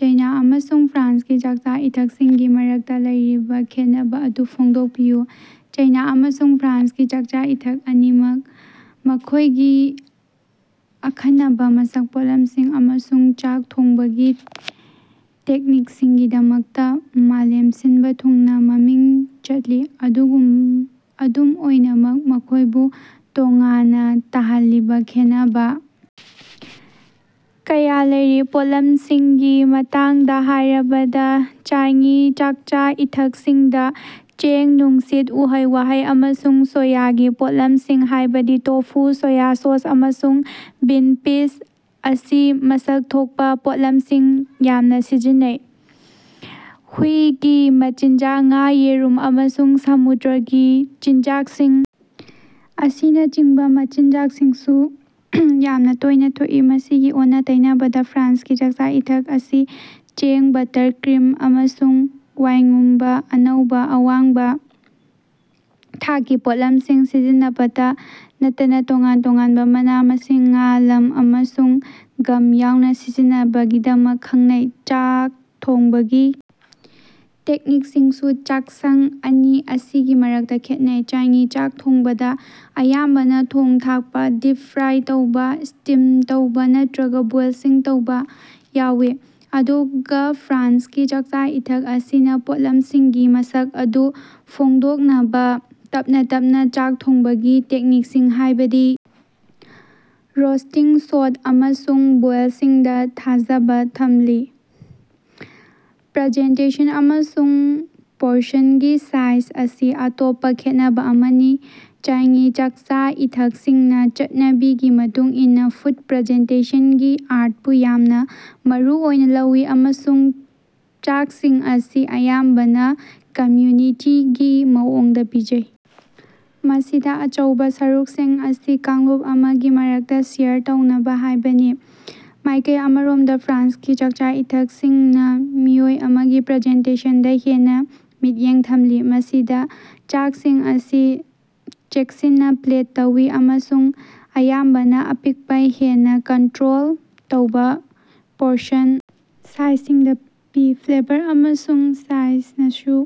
ꯆꯩꯅ ꯑꯃꯁꯨꯡ ꯐ꯭ꯔꯥꯟꯁꯀꯤ ꯆꯥꯛꯆꯥ-ꯏꯊꯛꯁꯤꯡꯒꯤ ꯃꯔꯛꯇꯥ ꯂꯩꯔꯤꯕ ꯈꯦꯠꯅꯕ ꯑꯗꯨ ꯐꯣꯡꯗꯣꯛꯄꯤꯌꯨ꯫ ꯆꯩꯅ ꯑꯃꯁꯨꯡ ꯐ꯭ꯔꯥꯟꯁꯀꯤ ꯆꯥꯛꯆꯥ-ꯏꯊꯛ ꯑꯅꯤꯃꯛ ꯃꯈꯣꯏꯒꯤ ꯑꯈꯟꯅꯕꯥ ꯃꯁꯛ, ꯄꯣꯠꯂꯝꯁꯤꯡ ꯑꯃꯁꯨꯡ ꯆꯥꯛ ꯊꯣꯡꯕꯒꯤ ꯇꯦꯛꯅꯤꯛꯁꯤꯡꯒꯤꯗꯃꯛꯇꯥ ꯃꯥꯂꯦꯝ ꯁꯤꯟꯕ ꯊꯨꯡꯅ ꯃꯃꯤꯡ ꯆꯠꯂꯤ꯫ ꯑꯗꯨꯒꯨꯝ ꯑꯗꯨꯝ ꯑꯣꯏꯅꯃꯛ ꯃꯈꯣꯏꯕꯨ ꯇꯣꯉꯥꯟꯅ ꯇꯥꯍꯜꯂꯤꯕ ꯈꯦꯟꯅꯕ ꯀꯌꯥ ꯂꯩꯔꯤ꯫ ꯄꯣꯠꯂꯝꯁꯤꯡꯒꯤ ꯃꯇꯥꯡꯗ ꯍꯥꯏꯔꯕꯗ, ꯆꯥꯏꯉꯤ ꯆꯥꯛꯆꯥ-ꯏꯊꯛꯁꯤꯡꯗꯥ ꯆꯦꯡ, ꯅꯨꯡꯁꯤꯠ, ꯎꯍꯩ-ꯋꯍꯩ, ꯑꯃꯁꯨꯡ ꯁꯣꯌꯥꯒꯤ ꯄꯣꯠꯊꯣꯛꯁꯤꯡ ꯍꯥꯏꯕꯗꯤ ꯇꯣꯐꯨ, ꯁꯣꯌꯥ ꯁꯣꯁ ꯑꯃꯁꯨꯡ ꯕꯤꯟ ꯄꯤꯁ ꯑꯁꯤ ꯃꯁꯛ ꯊꯣꯀꯄꯥ ꯄꯣꯠꯂꯝꯁꯤꯡ ꯌꯥꯝꯅ ꯁꯤꯖꯤꯟꯅꯩ꯫ ꯍꯨꯏꯒꯤ ꯃꯆꯤꯟꯖꯥꯛ, ꯉꯥ, ꯌꯦꯔꯨꯝ, ꯑꯃꯁꯨꯡ ꯁꯃꯨꯗ꯭ꯔꯒꯤ ꯆꯤꯟꯖꯥꯛꯁꯤꯡ ꯑꯁꯤꯅꯆꯤꯡꯕ ꯃꯆꯤꯟꯖꯥꯛꯁꯤꯡꯁꯨ ꯌꯥꯝꯅ ꯇꯣꯏꯅ ꯊꯣꯛꯏ꯫ ꯃꯁꯤꯒꯤ ꯑꯣꯟꯅ-ꯇꯩꯅꯕꯗ, ꯐ꯭ꯔꯥꯟꯁꯀꯤ ꯆꯥꯛꯆꯥ-ꯏꯊꯛ ꯑꯁꯤ ꯆꯦꯡ, ꯕꯠꯇꯔ, ꯀ꯭ꯔꯤꯝ, ꯑꯃꯁꯨꯡ ꯋꯥꯏꯉꯨꯝꯕ ꯑꯅꯧꯕ, ꯑꯋꯥꯡꯕ ꯊꯥꯛꯀꯤ ꯄꯣꯠꯂꯝꯁꯤꯡ ꯁꯤꯖꯤꯟꯅꯕꯇ ꯅꯠꯇꯅ ꯇꯣꯉꯥꯟ ꯇꯣꯉꯥꯟꯕ ꯃꯅꯥ-ꯃꯁꯤꯡ, ꯉꯥ, ꯂꯝ, ꯑꯃꯁꯨꯡ ꯒꯝ ꯌꯥꯎꯅ ꯁꯤꯖꯤꯟꯅꯕꯒꯤꯗꯃꯛ ꯈꯪꯅꯩ꯫ ꯆꯥꯛ ꯊꯣꯡꯕꯒꯤ ꯇꯦꯛꯅꯤꯛꯁꯤꯡꯁꯨ ꯆꯥꯛꯁꯪ ꯑꯅꯤ ꯑꯁꯤꯒꯤ ꯃꯔꯛꯇꯥ ꯈꯦꯠꯅꯩ꯫ ꯆꯥꯏꯉꯤ ꯆꯥꯛ ꯊꯣꯡꯕꯗ ꯑꯌꯥꯝꯕꯅ ꯊꯣꯡ-ꯊꯥꯛꯄ, ꯗꯤꯞ-ꯐ꯭ꯔꯥꯏ ꯇꯧꯕ, ꯁ꯭ꯇꯤꯝ ꯇꯧꯕ ꯅꯠꯇ꯭ꯔꯒꯥ ꯕꯣꯏꯜꯁꯤꯡ ꯇꯧꯕ ꯌꯥꯎꯋꯤ, ꯑꯗꯨꯒ ꯐ꯭ꯔꯥꯟꯁꯀꯤ ꯆꯥꯛꯆꯥ-ꯏꯊꯛ ꯑꯁꯤꯅ ꯄꯣꯠꯂꯝꯁꯤꯡꯒꯤ ꯃꯁꯛ ꯑꯗꯨ ꯐꯣꯡꯗꯣꯛꯅꯕ ꯇꯞꯅ ꯇꯞꯅ ꯆꯥꯛ ꯊꯣꯡꯕꯒꯤ ꯇꯦꯛꯅꯤꯛꯁꯤꯡ, ꯍꯥꯏꯕꯗꯤ ꯔꯣꯁꯇꯤꯡ, ꯁꯣꯠ ꯑꯃꯁꯨꯡ ꯕꯣꯏꯜꯁꯤꯡꯗ ꯊꯥꯖꯕ ꯊꯝꯂꯤ꯫ ꯄ꯭ꯔꯖꯦꯟꯇꯦꯁꯟ ꯑꯃꯁꯨꯡ ꯄꯣꯔꯁꯟꯒꯤ ꯁꯥꯏꯖ ꯑꯁꯤ ꯑꯇꯣꯞꯄ ꯈꯦꯠꯅꯕ ꯑꯃꯅꯤ꯫ ꯆꯥꯏꯉꯤ ꯆꯥꯛꯆꯥ-ꯏꯊꯛꯁꯤꯡꯅꯥ ꯆꯠꯅꯕꯤꯒꯤ ꯃꯇꯨꯡ ꯏꯟꯅꯥ ꯐꯨꯗ ꯄ꯭ꯔꯖꯦꯟꯇꯦꯁꯟꯒꯤ ꯑꯥꯔꯇꯄꯨ ꯌꯥꯝꯅ ꯃꯔꯨ ꯑꯣꯏꯅ ꯂꯧꯏ ꯑꯃꯁꯨꯡ ꯆꯥꯛꯁꯤꯡ ꯑꯁꯤ ꯑꯌꯥꯝꯕꯅ ꯀꯝꯌꯨꯅꯤꯇꯤꯒꯤ ꯃꯑꯣꯡꯗ ꯄꯤꯖꯩ, ꯃꯁꯤꯗ ꯑꯆꯧꯕ ꯁꯔꯨꯛꯁꯤꯡ ꯑꯁꯤ ꯀꯥꯡꯂꯨꯞ ꯑꯃꯒꯤ ꯃꯔꯛꯇ ꯁꯤꯌꯔ ꯇꯧꯅꯕ ꯍꯥꯏꯕꯅꯤ꯫ ꯃꯥꯏꯀꯩ ꯑꯃꯔꯣꯝꯗꯥ ꯐ꯭ꯔꯥꯟꯁꯀꯤ ꯆꯥꯛꯆꯥ-ꯏꯊꯛꯁꯤꯡꯅ ꯃꯤꯑꯣꯏ ꯑꯃꯒꯤ ꯄꯔꯖꯦꯟꯇꯦꯁꯟꯗ ꯍꯦꯟꯅ ꯃꯤꯠꯌꯦꯡ ꯊꯝꯂꯤ, ꯃꯁꯤꯗ ꯆꯥꯛꯁꯤꯡ ꯑꯁꯤ ꯆꯦꯛꯁꯤꯟꯅ ꯄ꯭ꯂꯦꯠ ꯇꯧꯏ ꯑꯃꯁꯨꯡ ꯑꯌꯥꯝꯕꯅ ꯑꯄꯤꯛꯄ, ꯍꯦꯟꯅ ꯀꯟꯇ꯭ꯔꯣꯜ ꯇꯧꯕ ꯄꯣꯔꯁꯟ ꯁꯥꯏꯖꯁꯤꯡꯗ ꯄꯤ꯫ ꯐ꯭ꯂꯦꯕꯔ ꯑꯃꯁꯨꯡ ꯁꯥꯢꯖꯅꯁꯨ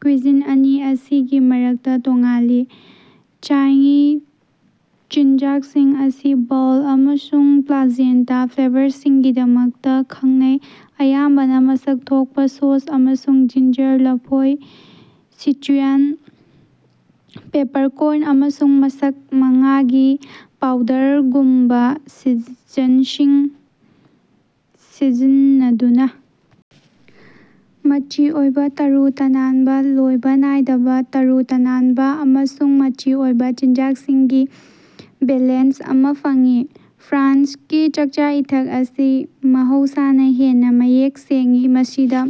ꯀꯨꯏꯖꯤꯟ ꯑꯅꯤ ꯑꯁꯤꯒꯤ ꯃꯔꯛꯇ ꯇꯣꯉꯥꯜꯂꯤ꯫ ꯆꯥꯏꯉꯤ ꯆꯤꯟꯖꯥꯛꯁꯤꯡ ꯑꯁꯤ ꯕꯣꯜꯗ ꯑꯃꯁꯨꯡ ꯄ꯭ꯂꯥꯖꯦꯟꯇꯥ ꯐ꯭ꯂꯦꯕꯔꯁꯤꯡꯒꯤꯗꯃꯛꯇ ꯈꯪꯅꯩ, ꯑꯌꯥꯝꯕꯅ ꯃꯁꯛ ꯊꯣꯛꯄꯥ, ꯁꯣꯁ, ꯑꯃꯁꯨꯡ ꯖꯤꯟꯖꯥꯔ, ꯂꯐꯣꯏ, ꯁꯤꯆꯨꯌꯥꯟ ꯄꯦꯄꯔꯀꯣꯔꯟ, ꯑꯃꯁꯨꯡ ꯃꯁꯛ ꯃꯉꯥꯒꯤ ꯄꯥꯎꯗꯔꯒꯨꯝꯕ ꯁꯤꯖꯟꯁꯤꯡ ꯁꯤꯖꯤꯟꯅꯗꯨꯅ ꯃꯆꯤ ꯑꯣꯏꯕ, ꯇꯔꯨ ꯇꯅꯥꯟꯕ, ꯂꯣꯏꯕ ꯅꯥꯏꯗꯕ, ꯇꯔꯨ ꯇꯅꯥꯟꯕ ꯑꯃꯁꯨꯡ ꯃꯆꯤ ꯑꯣꯏꯕ ꯆꯤꯟꯖꯥꯛꯁꯤꯡꯒꯤ ꯕꯦꯂꯦꯟꯁ ꯑꯃ ꯐꯪꯏ꯫ ꯐ꯭ꯔꯥꯟꯁꯀꯤ ꯆꯥꯛꯆꯥ-ꯏꯊꯛ ꯑꯁꯤ ꯃꯍꯧꯁꯥꯅ ꯍꯦꯟꯅ ꯃꯌꯦꯛ ꯁꯦꯡꯏ, ꯃꯁꯤꯗ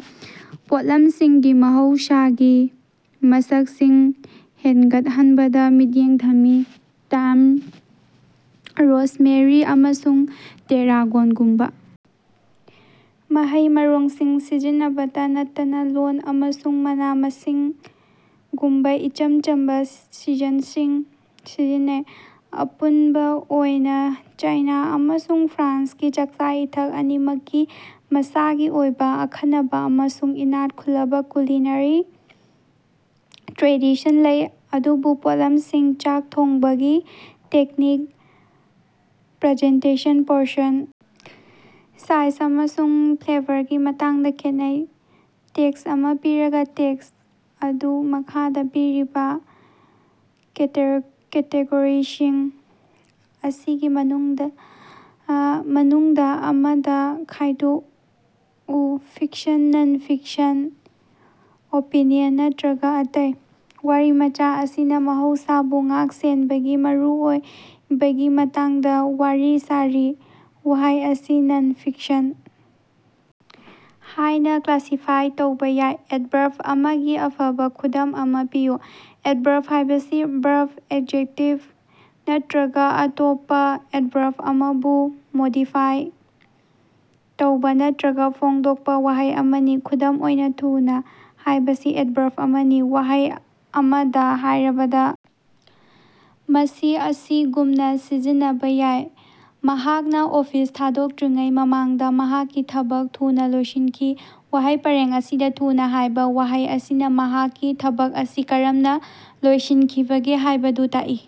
ꯄꯣꯠꯂꯝꯁꯤꯡꯒꯤ ꯃꯍꯧꯁꯥꯒꯤ ꯃꯁꯛꯁꯤꯡ ꯍꯦꯟꯒꯠꯍꯟꯕꯗ ꯃꯤꯠꯌꯦꯡ ꯊꯝꯃꯤ, ꯇꯥꯏꯝ, ꯔꯣꯁꯃꯦꯔꯤ, ꯑꯃꯁꯨꯡ ꯇꯦꯔꯥꯒꯣꯟꯒꯨꯝꯕ ꯃꯍꯩ-ꯃꯔꯣꯡꯁꯤꯡ ꯁꯤꯖꯤꯟꯅꯕꯇ ꯅꯠꯇꯅ ꯂꯣꯟ ꯑꯃꯁꯨꯡ ꯃꯅꯥ-ꯃꯁꯤꯡꯒꯨꯝꯕꯥ ꯏꯆꯝ ꯆꯝꯕ ꯁꯤꯖꯟꯁꯤꯡ ꯁꯤꯖꯤꯟꯅꯩ꯫ ꯑꯄꯨꯟꯕ ꯑꯣꯏꯅ ꯆꯥꯏꯅ ꯑꯃꯁꯨꯡ ꯐ꯭ꯔꯥꯟꯁꯀꯤ ꯆꯥꯛꯆꯥ-ꯏꯊꯛ ꯑꯅꯤꯃꯛꯀꯤ ꯃꯁꯥꯒꯤ ꯑꯣꯏꯕ ꯑꯈꯟꯅꯕ ꯑꯃꯁꯨꯡ ꯏꯅꯥꯛ ꯈꯨꯜꯂꯕ ꯀꯨꯂꯤꯅꯔꯤ ꯇ꯭ꯔꯦꯗꯤꯁꯟ ꯂꯩ, ꯑꯗꯨꯕꯨ ꯄꯣꯠꯂꯝꯁꯤꯡ, ꯆꯥꯛ ꯊꯣꯡꯕꯒꯤ ꯇꯦꯛꯅꯤꯛ, ꯄꯔꯖꯦꯟꯇꯦꯁꯟ, ꯄꯣꯔꯁꯟ ꯁꯥꯏꯖ ꯑꯃꯁꯨꯡ ꯐ꯭ꯂꯦꯕꯔꯒꯤ ꯃꯇꯥꯡꯗ ꯈꯦꯠꯅꯩ꯫ ꯇꯦꯛꯁ ꯑꯃ ꯄꯤꯔꯒ, ꯇꯦꯛꯁ ꯑꯗꯨ ꯃꯈꯥꯗ ꯄꯤꯔꯤꯕ ꯀꯦꯇꯦꯒꯣꯔꯤꯁꯤꯡ ꯑꯁꯤꯒꯤ ꯃꯅꯨꯡꯗ ꯑꯥ ꯃꯅꯨꯡꯗ ꯑꯃꯗ ꯈꯥꯏꯗꯣꯛꯎ: ꯐꯤꯛꯁꯟ, ꯅꯟ-ꯐꯤꯛꯁꯟ, ꯑꯣꯄꯤꯅꯤꯌꯟ ꯅꯠꯇ꯭ꯔꯒ ꯑꯇꯩ꯫ ꯋꯔꯤꯃꯆꯥ ꯑꯁꯤꯅ ꯃꯍꯧꯁꯥꯕꯨ ꯉꯥꯛ-ꯁꯦꯟꯕꯒꯤ ꯃꯔꯨꯑꯣꯏꯕꯒꯤ ꯃꯇꯥꯡꯗ ꯋꯔꯤ ꯁꯥꯔꯤ꯫ ꯋꯍꯩ ꯑꯁꯤ "ꯅꯟ-ꯐꯤꯛꯁꯟ" ꯍꯥꯏꯅ ꯀ꯭ꯂꯥꯁꯤꯐꯥꯏ ꯇꯧꯕ ꯌꯥꯏ꯫ ꯑꯦꯗꯚꯔꯕ ꯑꯃꯒꯤ ꯑꯐꯕꯥ ꯈꯨꯗꯝ ꯑꯃꯥ ꯄꯤꯌꯨ꯫ ꯑꯦꯗꯚꯔꯕ ꯍꯥꯏꯕꯁꯤ ꯕꯔꯕ, ꯑꯦꯖꯦꯛꯇꯤꯚ ꯅꯠꯇ꯭ꯔꯒ ꯑꯇꯣꯞꯄ ꯑꯦꯗꯚꯔꯕ ꯑꯃꯕꯨ ꯃꯣꯗꯤꯐꯥꯏ ꯇꯧꯕ ꯅꯠꯇ꯭ꯔꯒ ꯐꯣꯡꯗꯣꯛꯄ ꯋꯍꯩ ꯑꯃꯅꯤ꯫ ꯈꯨꯗꯝ ꯑꯣꯏꯅꯥ, "ꯊꯨꯅꯥ" ꯍꯥꯏꯕꯁꯤ ꯑꯦꯗꯚꯔꯕ ꯑꯃꯅꯤ꯫ ꯋꯍꯩ ꯑꯃꯗ ꯍꯥꯏꯔꯕꯗ, ꯃꯁꯤ ꯑꯁꯤꯒꯨꯝꯅ ꯁꯤꯖꯤꯟꯅꯕ ꯌꯥꯏ: "ꯃꯍꯥꯛꯅ ꯑꯣꯐꯤꯁ ꯊꯗꯣꯛꯇ꯭ꯔꯤꯉꯩ ꯃꯃꯥꯡꯗ ꯃꯍꯥꯛꯀꯤ ꯊꯕꯛ ꯊꯨꯅ ꯂꯣꯏꯁꯤꯟꯈꯤ꯫" ꯋꯍꯩ ꯄꯔꯦꯡ ꯑꯁꯤꯗ "ꯊꯨꯅ" ꯍꯥꯏꯕ ꯋꯍꯩ ꯑꯁꯤꯅ ꯃꯍꯥꯛꯀꯤ ꯊꯕꯛ ꯑꯁꯤ ꯀꯔꯝꯅ ꯂꯣꯏꯁꯤꯠꯈꯤꯕꯒꯦ ꯍꯥꯏꯕꯗꯨ ꯇꯥꯛꯏ꯫